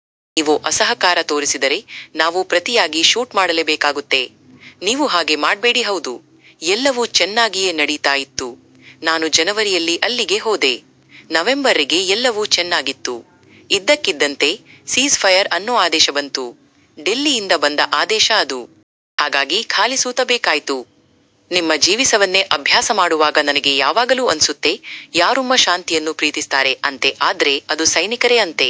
ಆದರೆ ನೀವು ಅಸಹಕಾರ ತೋರಿಸಿದರೆ ನಾವು ಪ್ರತಿಯಾಗಿ ಶೂಟ್ ಮಾಡಲೇಬೇಕಾಗುತ್ತೆ. ನೀವು ಹಾಗೆ ಮಾಡ್ಬೇಡಿ ಹೌದು. ಎಲ್ಲವೂ ಚೆನ್ನಾಗಿಯೇ ನಡೀತಾ ಇತ್ತು. ನಾನು ಜನವರಿಯಲ್ಲಿ ಅಲ್ಲಿಗೆ ಹೋದೆ. ನವೆಂಬರ್ವರೆಗೆ ಎಲ್ಲವೂ ಚೆನ್ನಾಗಿತ್ತು. ಇದ್ದಕ್ಕಿದ್ದಂತೆ "ಸೀಜ್ ಫಯರ್" ಅನ್ನೋ ಆದೇಶ ಬಂತು. ಡೆಲ್ಲಿಯಿಂದ ಬಂದ ಆದೇಶ ಅದು. ಹಾಗಾಗಿ ಪಾಲಿಸಲೇ ಬೇಕಾಯ್ತು. ನಿಮ್ಮ ಜೀವನವನ್ನ ಅಭ್ಯಾಸ ಮಾಡುವಾಗ ನನಗೆ ಯಾವಾಗಲೂ ಅನ್ಸುತ್ತೆ, ಯಾರಾದ್ರು ಶಾಂತಿಯನ್ನು ಪ್ರೀತಿಸ್ತಾರೆ ಅಂತ ಆದ್ರೆ ಅದು ಸೈನಿಕರೇ ಅಂತ.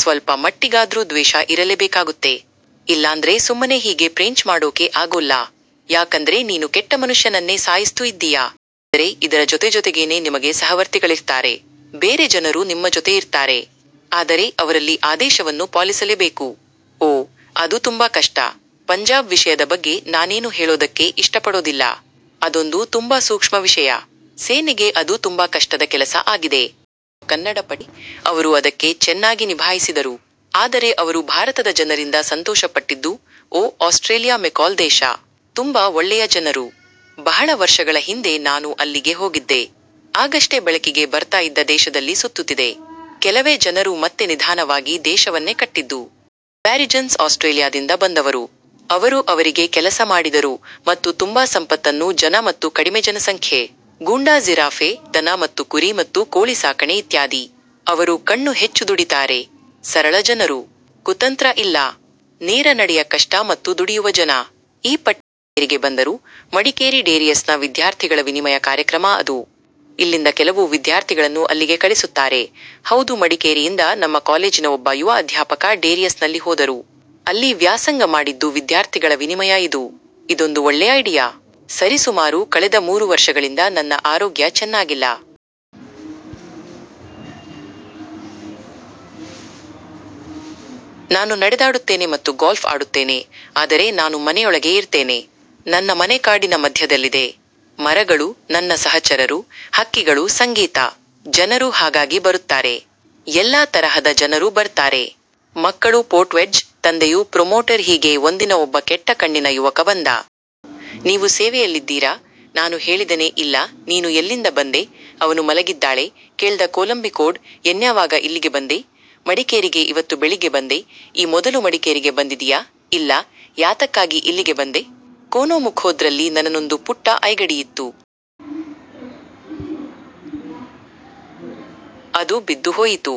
ಸ್ವಲ್ಪ ಮಟ್ಟಿಗಾದ್ರೂ ದ್ವೇಷ ಇರಲೇಬೇಕಾಗುತ್ತೆ. ಇಲ್ಲಾಂದ್ರೆ ಸುಮ್ಮನೆ ಹೀಗೆ ಶೂಟ್ ಮಾಡೋಕೆ ಆಗೋಲ್ಲ. ಯಾಕಂದ್ರೆ ನೀನು ಕೆಟ್ಟ ಮನುಷ್ಯನನ್ನ ಸಾಯಿಸ್ತ ಇದ್ದೀಯ. ಆದರೆ ಇದರ ಜೊತೆ ಜೊತೆಗೇನೆ ನಿಮಗೆ ಸಹವರ್ತಿಗಳಿರ್ತಾರೆ. ಬೇರೆ ಜನರು ನಿಮ್ಮ ಜೊತೆ ಇರ್ತಾರೆ. ಆದರೆ ಅವರೆಲ್ಲ ಆದೇಶವನ್ನು ಪಾಲಿಸಲೇಬೇಕು. ಓ, ಅದು ತುಂಬಾ ಕಷ್ಟ. ಪಂಜಾಬ್ ವಿಷಯದ ಬಗ್ಗೆ ನಾನೇನು ಹೇಳೋಕ್ಕೆ ಇಷ್ಟಪಡೋದಿಲ್ಲ. ಅದೊಂದು ತುಂಬಾ ಸೂಕ್ಷ್ಮ ವಿಷಯ. ಸೇನೆಗೆ ಅದು ತುಂಬಾ ಕಷ್ಟದ ಕೆಲಸ ಆಗಿತ್ತು. ಅವರು ಅದನ್ನ ಚೆನ್ನಾಗಿ ನಿಭಾಯಿಸಿದ್ರು. ಆದರೆ ಅವರು ಭಾರತದ ಜನರಿಂದ ಸಂತೋಷ ಪಡೆದ್ರು. ಓ, ಆಸ್ಟ್ರೇಲಿಯಾ ಮಹಾನ್ ದೇಶ. ತುಂಬಾ ಒಳ್ಳೆ ಜನರು. ಬಹಳ ವರ್ಷಗಳ ಹಿಂದೆ ನಾನು ಅಲ್ಲಿಗೆ ಹೋಗಿದ್ದೆ. ಆಗಷ್ಟೇ ಬೆಳಕಿಗೆ ಬರ್ತಾ ಇದ್ದ ದೇಶದಲ್ಲಿ ಸುತ್ತಾಡಿದೆ. ಕೆಲವೇ ಜನರು ಮತ್ತೆ ನಿಧಾನವಾಗಿ ದೇಶವನ್ನೆ ಕಟ್ಟಿದ್ರು. ಎಬ್ಓರಿಜಿನ್ಸ್ಗಳನ್ನ ಬಳಸಿಕೊಂಡರು. ಅವರು ಅವರಿಗೆ ಕೆಲಸ ಮಾಡಿದ್ರು. ಮತ್ತೆ ತುಂಬಾ ಸಂಪತ್ತುಳ್ಳ ಜನ. ಮತ್ತೆ ಕಡಿಮೆ ಜನಸಂಖ್ಯೆ. ಗೋಧಿ ಬೆಳಿತಾರೆ. ದನ ಮತ್ತೆ ಕುರಿ ಮತ್ತೆ ಕೋಳಿ ಸಾಕಣೆ ಇತ್ಯಾದಿ. ಅವರು ಕಷ್ಟ ಪಟ್ಟು ದುಡೀತಾರೆ. ಸರಳ ಜನರು. ಕುತಂತ್ರ ಇಲ್ಲ. ನೇರ ನಡೆಯ ಕಷ್ಟ ಪಟ್ಟು ದುಡಿವ ಜನ. ಡೇರಿಯನ್ನರು ಮಡಿಕೇರಿಗೆ ಬರ್ತಾರೆ. ಮಡಿಕೇರಿ ಡೇರಿಯನ್ ವಿದ್ಯಾರ್ಥಿಗಳ ವಿನಿಮಯ ಕಾರ್ಯಕ್ರಮ ಅದು. ಇಲ್ಲಿಂದ ಕೆಲವು ವಿದ್ಯಾರ್ಥಿಗಳನ್ನ ಅಲ್ಲಿಗೆ ಕಳಿಸ್ತಾರೆ. ಹೌದು. ಮಡಿಕೇರಿಯಿಂದ ನಮ್ಮ ಕಾಲೇಜಿನ ಒಬ್ಬ ಯುವ ಅಧ್ಯಾಪಕ ಡೇರಿಯನ್ಗೆಲ್ಲ ಹೋದರು. ಅಲ್ಲಿ ವ್ಯಾಸಂಗ ಮಾಡಿದ್ರು. ವಿದ್ಯಾರ್ಥಿಗಳ ವಿನಿಮಯ ಇದು. ಇದೊಂದು ಒಳ್ಳೆ ಐಡಿಯಾ. ಸರಿಸುಮಾರು ಕಳೆದ ಮೂರು ವರ್ಷಗಳಿಂದ ನನ್ನ ಆರೋಗ್ಯ ಚೆನ್ನಾಗಿಲ್ಲ. ನಾನು ನಡೆದಾಡ್ತೇನೆ. ಮತ್ತೆ ಗಾಲ್ಫ್ ಆಡೋಕೆ ಆಗಲ್ಲ. ನಾನು ಮನೆಯೊಳಗೆ ಇರ್ತೀನೆ. ನನ್ನ ಮನೆ ಕಾಡಿನ ಮಧ್ಯದಲ್ಲಿದೆ. ಮರಗಳು, ನನ್ನ ನೆರೆಕೆರೆಯವರು, ಹಕ್ಕಿಗಳು, ಸಂಗೀತ. ಜನರು ಆಗಾಗ ಬರ್ತಿರ್ತಾರೆ. ಎಲ್ಲಾ ತರದ ಜನರು ಬರ್ತಾರೆ. ಮಕ್ಕಳ ವರ್ಗಾವಣೆ, ತಂದೆಯ ಪ್ರಮೋಶನ್ ಹೀಗೆ ಒಂದಿನ ಒಬ್ಬ ಕೊಳಕಾಗಿದ್ದ ಯುವಕ ಬಂದ. 'ಹಲೋ, ನೀವು ಸೇನೆಯಲ್ಲಿದ್ರಾ? ' ನಾನು ಹೇಳ್ತೇನೆ 'ಇಲ್ಲಾ' 'ನೀನು ಎಲ್ಲಿಂದ ಬಂದೆ? ' ಅವನು ಮಲೆಯಾಳಿ, ಹೇಳ್ದ 'ಕೋಝಿಕೋಡ್' 'ನೀನ್ಯಾವಾಗ ಇಲ್ಲಿಗೆ ಬಂದೆ? ' 'ಮಡಿಕೇರಿಗೆ ಇವತ್ತು ಬೆಳಿಗ್ಗೆ ಬಂದೆ' 'ಈ ಮೊದಲು ಮಡಿಕೇರಿಗೆ ಬಂದಿದಿಯಾ? ' 'ಇಲ್ಲ' 'ಯಾತಕ್ಕಾಗಿ ಇಲ್ಲಿಗೆ ಬಂದೆ? ' ಕೋಝಿಕೋಡ್ನಲ್ಲಿ ನನಗೊಂದು ಪುಟ್ಟ ಅಂಗಡಿಯಿತ್ತು. ಅದು ಬಿದ್ದು ಹೋಯಿತು.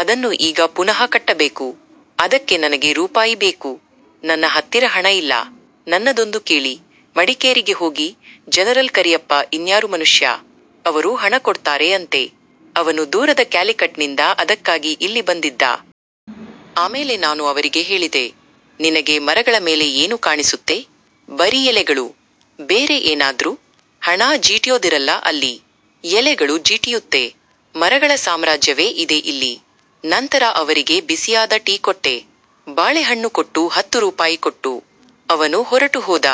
ಅದನ್ನ ಈಗ ಪುನಃ ಕಟ್ಟಬೇಕು. ಅದಕ್ಕೆ ನನಗೆ ರೂಪಾಯಿ ಬೇಕು. ನನ್ನ ಹತ್ರ ಹಣ ಇಲ್ಲ. ನನಗೊಬ್ರು ಹೇಳಿದ್ರು – ಮಡಿಕೇರಿಗೆ ಹೋಗು, ಜನರಲ್ ಕಾರಿಯಪ್ಪ ದಯಾಳು ಮನುಷ್ಯ. ಅವರು ಹಣ ಕೊಡ್ತಾರೆ' ಅಂತ. ಅವನು ದೂರದ ಕ್ಯಾಲಿಕಟ್ನಿಂದ ಅದಕ್ಕಾಗಿ ಇಲ್ಲಿ ಬಂದಿದ್ದ. ಆಮೇಲೆ ನಾನು ಅವನಿಗೆ ಹೇಳಿದೆ. ನಿನಗೆ ಮರಗಳ ಮೇಲೆ ಏನು ಕಾಣಿಸುತ್ತೆ? ಬರೀ ಎಲೆಗಳು. ಬೇರೆ ಏನಾದ್ರೂ? ಹಣ ಬೆಳೆಯೋದಿಲ್ಲ ಅಲ್ಲಿ. ಎಲೆಗಳು ಬೆಳೆಯುತ್ತೆ. ಮರಗಳ ಸಾಮ್ರಾಜ್ಯವೇ ಇದೆ ಇಲ್ಲಿ. ನಂತರ ಅವನಿಗೆ ಬಿಸಿಯಾದ ಟೀ ಕೊಟ್ಟೆ. ಬಾಳೆಹಣ್ಣು ಕೊಟ್ಟೆ, ಹತ್ತು ರೂಪಾಯಿ ಕೊಟ್ಟೆ. ಅವನು ಹೊರಟು ಹೋದ.